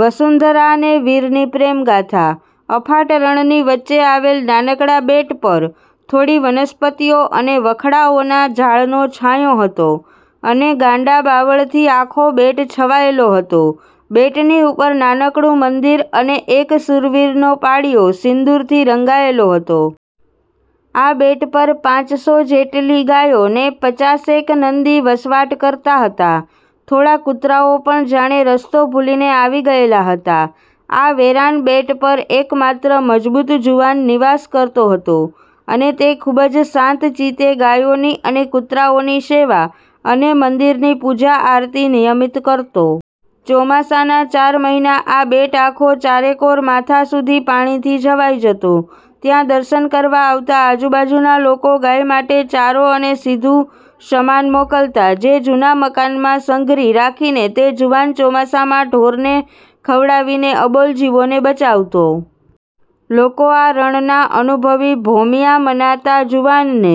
વસુંધરા ને વીરની પ્રેમગાથા:- અફાટ રણની વચ્ચે આવેલ નાનકડાં બેટ પર થોડી વનસ્પતિઓ અને વખડાઓનાં ઝાડનો છાંયો હતો અને ગાંડા બાવળથી આખો બેટ છવાયેલો હતો. બેટની ઉપર નાનકડું મંદીર અને એક શૂરવીરનો પાળિયો સિંદૂરથી રંગાયેલો હતો. આ બેટ પર પાંચસો જેટલી ગાયો ને પચાસેક નંદી વસવાટ કરતા હતાં. થોડા કુતરાઓ પણ જાણે રસ્તો ભૂલીને આવી ગયેલાં હતાં. આ વેરાન બેટ પર એકમાત્ર મજબૂત જુવાન નિવાસ કરતો હતો, અને તે ખુબ જ શાંત ચિત્તે ગાયોની અને કૂતરાઓની સેવા અને મંદિરની પૂજા આરતી નિયમિત કરતો. ચોમાસાનાં ચાર મહિના આ બેટ આખો ચારેકોર માથાં સુધી પાણીથી છવાઈ જતો, ત્યાં દર્શન કરવા આવતાં આજુબાજુના લોકો ગાય માટે ચારો અને સીધું સમાન મોકલતા, જે જુના મકાનમાં સંઘરી રાખીને તે જુવાન ચોમાસામાં ઢોરને ખવડાવીને અબોલ જીવોને બચાવતો. લોકો આ રણનાં અનુભવી ભોમિયા મનાતાં જુવાનને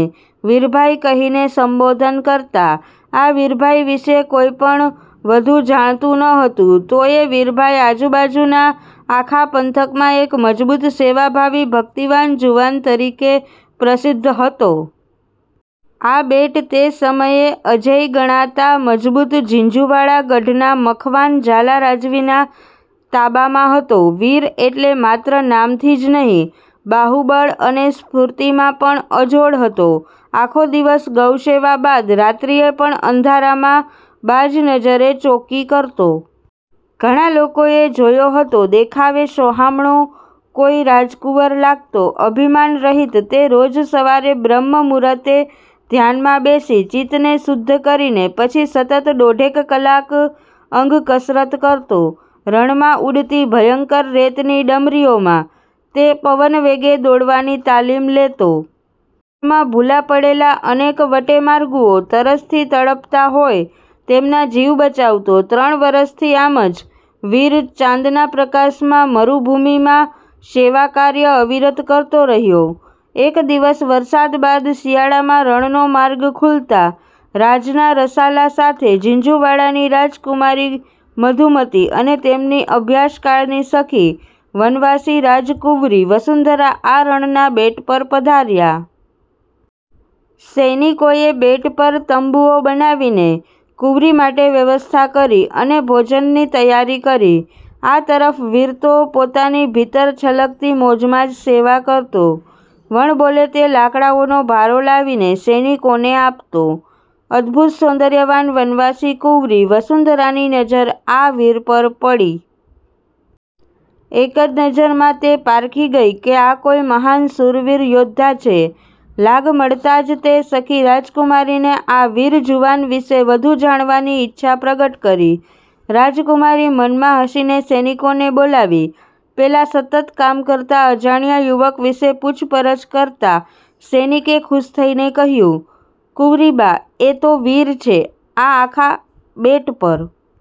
વીરભાઈ કહીને સંબોધન કરતા. આ વીરભાઈ વિશે કોઈ પણ વઘુ જાણતું ન હતું. તોયે વીરભાઈ આજુ-બાજુનાં આખા પંથકમાં એક મજબૂત સેવાભાવી ભક્તિવાન જુવાન તરીકે પ્રસિદ્ધ હતો. આ બેટ તે સમયે અજેય ગણાતા મજબૂત ઝીંઝુવાડા ગઢના મખવાન ઝાલા રાજવીના તાબામાં હતો. વીર એટલે માત્ર નામથી જ નહીં, બાહુબળ અને સ્ફૂર્તિમાં પણ અજોડ હતો. આખો દિવસ ગૌસેવા બાદ રાત્રીએ પણ અંધારામાં બાજ નજરે ચોકી કરતો. ઘણાં લોકોએ જોયો હતો. દેખાવે સોહામણો, કોઈ રાજકુંવર લાગતો. અભિમાન રહિત તે રોજ સવારે બ્રહ્મ મુર્હુતે ધ્યાનમાં બેસી ચિત્તને શુદ્ધ કરીને પછી સતત દોઢેક કલાક અંગ કસરત કરતો. રણમાં ઊડતી ભયંકર રેતની ડમરીઓમાં તે પવનવેગે દોડવાની તાલિમ લેતો. રણમાં ભુલા પડેલાં અનેક વટેમાર્ગુઓ તરસથી તડપતાં હોય તેમનાં જીવ બચાવતો. ત્રણ વર્ષથી આમ જ વીર, ચાંદનાં પ્રકાશમાં મરુભૂમિમાં સેવાકાર્ય અવિરત કરતો રહયો. એક દિવસ વરસાદ બાદ શિયાળામાં રણનો માર્ગ ખૂલતાં રાજનાં રસાલા સાથે ઝીંઝુવાડાની રાજકુમારી મધુમતી અને તેમની અભ્યાસકાળની સખી વનવાસી રાજકુંવરી વસુંધરા આ રણનાં બેટ પર પધાર્યા. સૈનિકોએ બેટ પર તંબુઓ બનાવીને કૂંવરી માટે વ્યવસ્થા કરી અને ભોજનની તૈયારી કરી. આ તરફ વીર તો પોતાની ભીતર છલકતી મોજમાં જ સેવા કરતો. વણબોલે તે લાકડાઓનો ભારો લાવીને સૈનિકોને આપતો. અદભુત સૌંદર્યવાન વનવાસી કૂંવરી વસુંધરાની નજ઼ર આ વીર પર પડી. એક જ નજરમાં તે પારખી ગઈ કે આ કોઈ મહાન શૂરવીર યૌદ્ધા છે. લાગ મળતાં જ તે સખી રાજકુમારીને આ વીર જુવાન વિશે વધુ જાણવાની ઈચ્છા પ્રગટ કરી. રાજકુમારી મનમાં હસીને સૈનિકોને બોલાવી પેલા સતત કામ કરતા અજાણ્યાં યુવક વિશે પૂછપરછ કરતાં સૈનિકે ખુશ થઈને કહ્યું,"કુંવરીબા, એ તો વીર છે. આ આખા બેટ પર